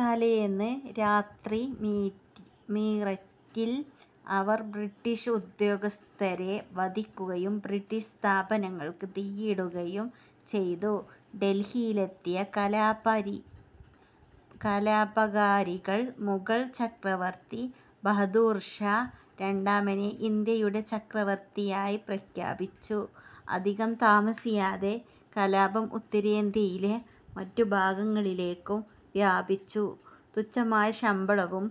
തലേന്ന് രാത്രി മീറ്റ് മീററ്റിൽ അവർ ബ്രിട്ടീഷ് ഉദ്യോഗസ്ഥരെ വധിക്കുകയും ബ്രിട്ടീഷ് സ്ഥാപനങ്ങൾക്ക് തീയിടുകയും ചെയ്തു. ഡൽഹിയിലെത്തിയ കലാപരികലാപകാരികൾ മുഗൾ ചക്രവർത്തി ബഹദൂർഷാ രണ്ടാമനെ ഇന്ത്യയുടെ ചക്രവർത്തിയായി പ്രഖ്യാപിച്ചു. അധികം താമസിയാതെ കലാപം ഉത്തരേന്ത്യയിലെ മറ്റു ഭാഗങ്ങളിലേക്കും വ്യാപിച്ചു. തുച്ഛമായ ശമ്പളവും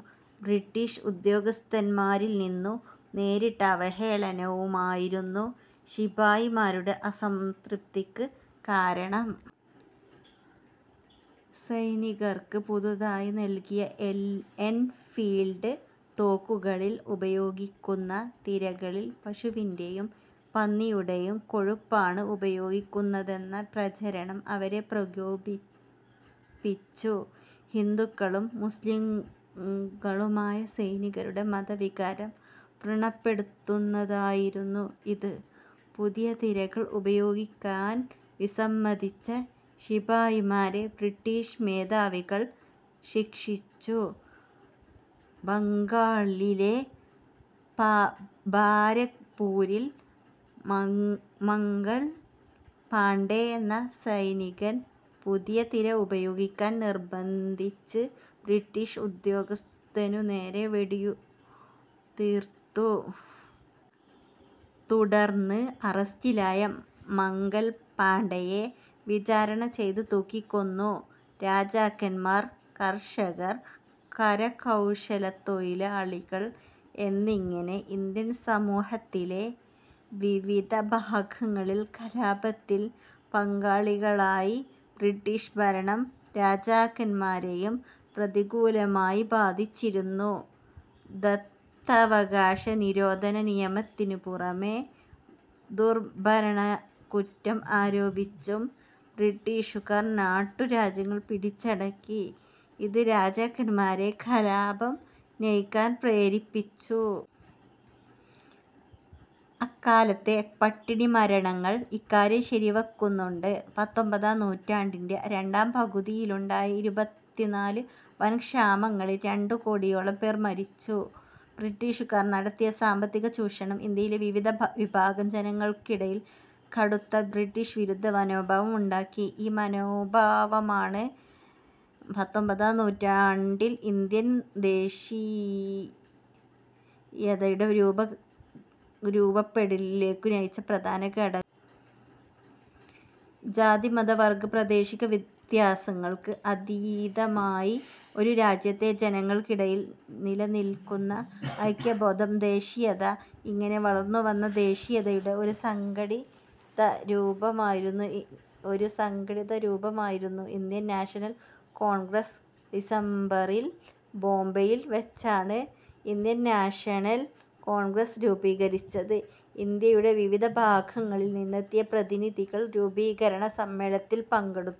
ബ്രിട്ടീഷ് ഉദ്യോഗസ്ഥന്മാരിൽനിന്നു നേരിട്ട അവഹേളനവുമായിരുന്നു ശിപായിമാരുടെ അസംതൃപിക്ക് കാരണം. സൈനികർക്ക് പുതുതായി നൽകിയ എൻഫീൽഡ് തോക്കുകളിൽ ഉപയോഗിക്കുന്ന തിരകളിൽ പശുവിന്റെയും പന്നിയുടെയും കൊഴുപ്പാണ് ഉപയോഗിക്കുന്നതെന്ന പ്രചാരണം അവരെ പ്രകോപിപ്പിച്ചു. ഹിന്ദുക്കളും മുസ്ലിംകളുമായ സൈനികരുടെ മതവികാരം വ്രണപ്പെടുത്തുന്നതായിരുന്നു ഇത്. പുതിയ തിരകൾ ഉപയോഗിക്കാൻ വിസമ്മതിച്ച ശിപായിമാരെ ബ്രിട്ടീഷ് മേധാവികൾ ശിക്ഷിച്ചു. ബംഗാളിലെ ബാരക്പൂരിൽ മംഗൽ പാണ്ഡെ എന്ന സൈനികൻ പുതിയ തിര ഉപയോഗിക്കാൻ നിർബന്ധിച്ച് ബ്രിട്ടീഷ് ഉദ്യോഗസ്ഥനുനേരെ വെടിയുതിർത്തു. തുടർന്ന് അറസ്റ്റിലായ മംഗൽപാണ്ഡെയെ വിചാരണ ചെയ്ത് തൂക്കിക്കൊന്നു. രാജാക്കന്മാർ, കർഷകർ, കരകൗശലത്തൊഴിലാളികൾ എന്നിങ്ങനെ ഇന്ത്യൻ സമൂഹത്തിലെ വിവിധ വിഭാഗങ്ങൾ കലാപത്തിൽ പങ്കാളികളായി. ബ്രിട്ടീഷ് ഭരണം രാജാക്കന്മാരെയും പ്രതികൂലമായി ബാധിച്ചിരുന്നു. ദത്തവകാശ നിരോധന നിയമത്തിനുപുറമെ ദുർഭരണക്കുറ്റം ആരോപിച്ചും ബ്രിട്ടീഷുകാർ നാട്ടു രാജ്യങ്ങളെ പിടിച്ചടക്കി. ഇത് രാജാക്കന്മാരെ കലാപം നയിക്കാൻ പ്രേരിപ്പിച്ചു. അക്കാലത്തെ പട്ടിണിമരണങ്ങൾ ഇക്കാര്യം ശരിവയ്ക്കുന്നുണ്ട്. പത്തൊമ്പതാം നൂറ്റാണ്ടിന്റെ രണ്ടാംപകുതിയിലുണ്ടായ ഇരുപത്തിനാല് വൻ ക്ഷാമങ്ങളിൽ രണ്ടു കോടിയോളം പേർ മരിച്ചു. ബ്രിട്ടീഷുകാർ നടത്തിയ സാമ്പത്തികചൂഷണം ഇന്ത്യയിലെ വിവിധ വിഭാഗം ജനങ്ങൾക്കിടയിൽ കടുത്ത ബ്രിട്ടീഷ് വിരുദ്ധ മനോഭാവം ഉണ്ടാക്കി. ഈ മനോഭാവമാണ് പത്തൊമ്പതാം നൂറ്റാണ്ടിൽ ഇന്ത്യൻ ദേശീയതയുടെ രൂപപ്പെടലിലേക്കു നയിച്ച് പ്രധാന ഘടകം. ജാതി-മത- വർഗ-പ്രാദേശിക വ്യത്യാസങ്ങൾക്ക് അതീതമായി ഒരു രാജ്യത്തെ ജനങ്ങൾക്കിടയിൽ നിലനിൽക്കുന്ന ഐക്യ ബോധമാണ് ദേശീയത. ഇങ്ങനെ വളർന്നുവന്ന ദേശീയതയുടെഒരു സങ്കടിതരൂപമായിരുന്നു ഒരു സംഘടിതരൂപമായിരുന്നു ഇന്ത്യൻ നാഷണൽ കോൺഗ്രസ്. ഡിസംബറിൽ ബോംബെയിൽ വെച്ചാണ് ഇന്ത്യൻ നാഷണൽ കോൺഗ്രസ് രൂപീകരിച്ചത്. ഇന്ത്യയുടെ വിവിധ ഭാഗങ്ങളിൽ നിന്നെത്തിയ പ്രതിനിധികൾ രൂപീകരണ സമ്മേളനത്തിൽ പങ്കെടുത്തു.